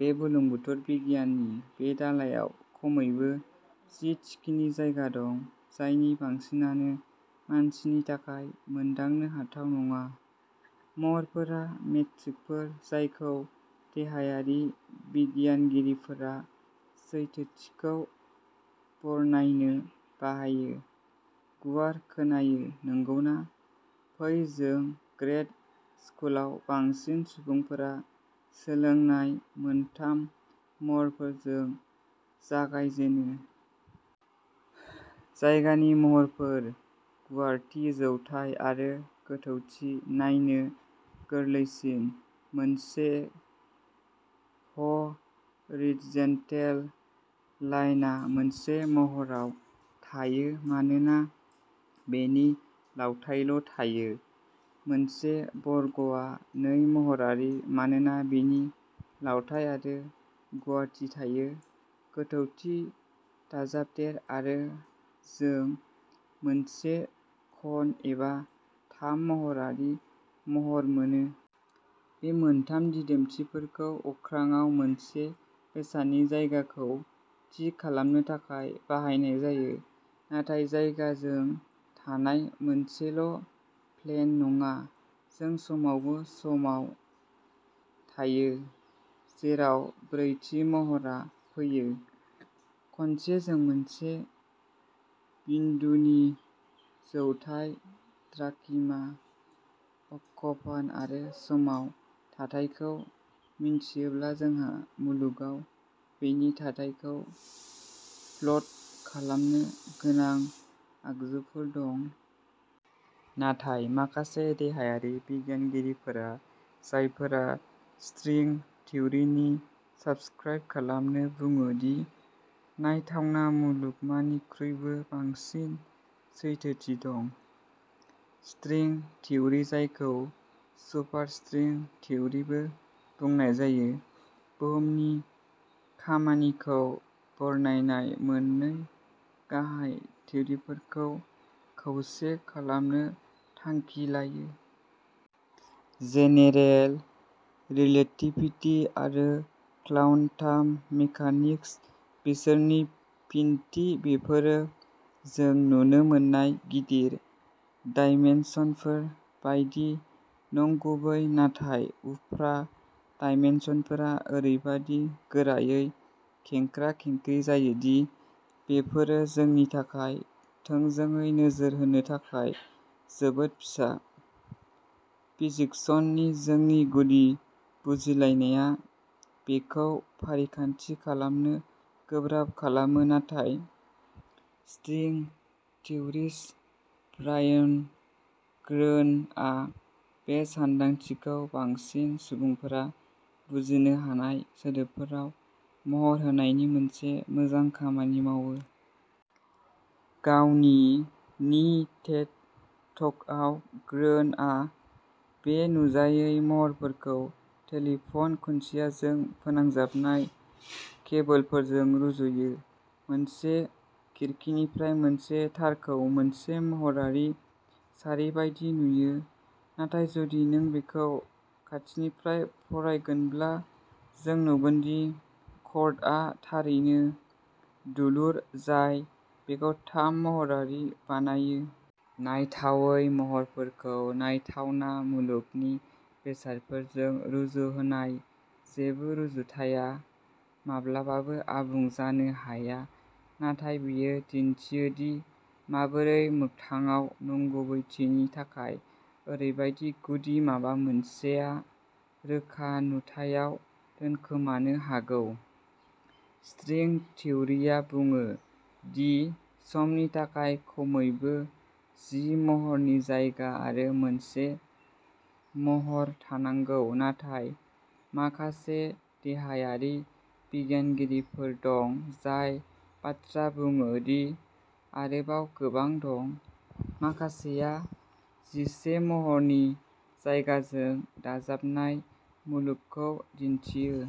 बे बुलुंबुथुर बिगियाननि बे दालाइयाव खमैबो जि थिखिनि जायगा दं जायनि बांसिनानो मानसिनि थाखाय मोनदांनो हाथाव नङा। महरफोरा मेट्रिकफोर जायखौ देहायारि बिगियानगिरिफोरा सैथोथिखौ बरनायनो बाहायो। गुवार खोनायो नंगौना? फै जों ग्रेड स्कुलाव बांसिन सुबुंफोरा सोलोंनाय मोनथाम महरफोरजों जागाय जेनो। जायगानि महरफोर गुवारथि जौथाय आरो गोथौथि नायनो गोरलैसिन। मोनसे ह'रिदजेन्टेल लाइनआ मोनसे महरआव थायो मानोना बेनि लावथाइल' थायो मोनसे बर्गआ नै महरारि मानोना बेनि लावथाइ आरो गुवारथि थायो। गोथौथि दाजाबदेर आरो जों मोनसे घन एबा थाम महरारि महर मोनो। बे मोनथाम दिदोमथिफोरखौ अख्राङाव मोनसे बेसादनि जायगाखौ थि खालामनो थाखाय बाहायनाय जायो। नाथाय जायगा जों थानाय मोनसेल' प्लेन नङा जों समावबो समाव थायो जेराव ब्रैथि महरआ फैयो। खनसे जों मोनसे बिन्दुनि जौथाय, द्राघिमा, अक्षफान आरो समाव थाथायखौ मिन्थियोब्ला जोंहा मुलुगआव बेनि थाथायखौ प्लट खालामनो गोनां आगजुफोर दं। नाथाय माखासे देहायारि बिगियानगिरिफोरा जायफोरा स्ट्रिं थिउरिनि साब्सक्राइब खालामो बुङो दि नायथावना मुलुगमानिख्रुइबो बांसिन सैथोथि दं। स्ट्रिं थिउरि जायखौ "सुपारस्ट्रिं थिउरि" बो बुंनाय जायो बुहुमनि खामानिखौ बरनायनाय मोननै गाहाय थिउरिफोरखौ खौसे खालामनो थांखि लायो। जेनेरेल रिलेटिभिटि आरो क्वान्टाम मेकानिक्स, बिसोरनि फिनथि बेफोरो जों नुनो मोननाय "गिदिर" डायमेनसनफोर बायदि नंगुबै नाथाय उफ्रा डायमेनसनफोरा ओरैबादि गोरायै खेंख्रा-खेंख्रि जायो दि बेफोरो जोंनि थाखाय थोंजोङै नोजोर होनो थाखाय जोबोद फिसा। फिजिक्सनि जोंनि गुदि बुजिलायनाया बेखौ फारिखान्थि खालामनो गोब्राब खालामो नाथाय स्ट्रिं थिउरिस्ट ब्रायन ग्रीनआ बे सानदांथिखौ बांसिन सुबुंफोरा बुजिनो हानाय सोदोबफोराव महर होनायनि मोनसे मोजां खामानि मावो। गावनि नि टेड टकआव ग्रोनआ बे नुजायै महरफोरखौ टेलिफ'न खुन्थियाजों फोनांजाबनाय केबोलफोरजों रुजुयो। मोनसे खिरखिनिफ्राय मोनसे तारखौ मोनसे महरारि सारि बायदि नुयो। नाथाय जुदि जों बेखौ खाथिनिफ्राय फरायगोनब्ला जों नुगोन दि कर्डआ थारैनो दुलुर जाय बेखौ थाम-महरारि बानायो। नायथावै महरफोरखौ नायथावना मुलुगनि बेसादफोरजों रुजुहोनाय जेबो रुजुथाया माब्लाबाबो आबुं जानो हाया नाथाय बेयो दिन्थियो दि माबोरै मोगथाङाव नंगुबैथिनि थाखाय ओरैबायदि गुदि माबा मोनसेआ रोखा नुथायाव दोनखोमानो हागौ। स्ट्रिं थिउरिया बुङो दि समनि थाखाय खमैबो जि महरनि जायगा आरो मोनसे महर थानांगौ नाथाय माखासे देहायारि बिगियानगिरिफोर दं जाय बाथ्रा बुङो दि आरोबाव गोबां दं। माखासेया जिसे महरनि जायगाजों दाजानाय मुलुगखौ दिन्थियो।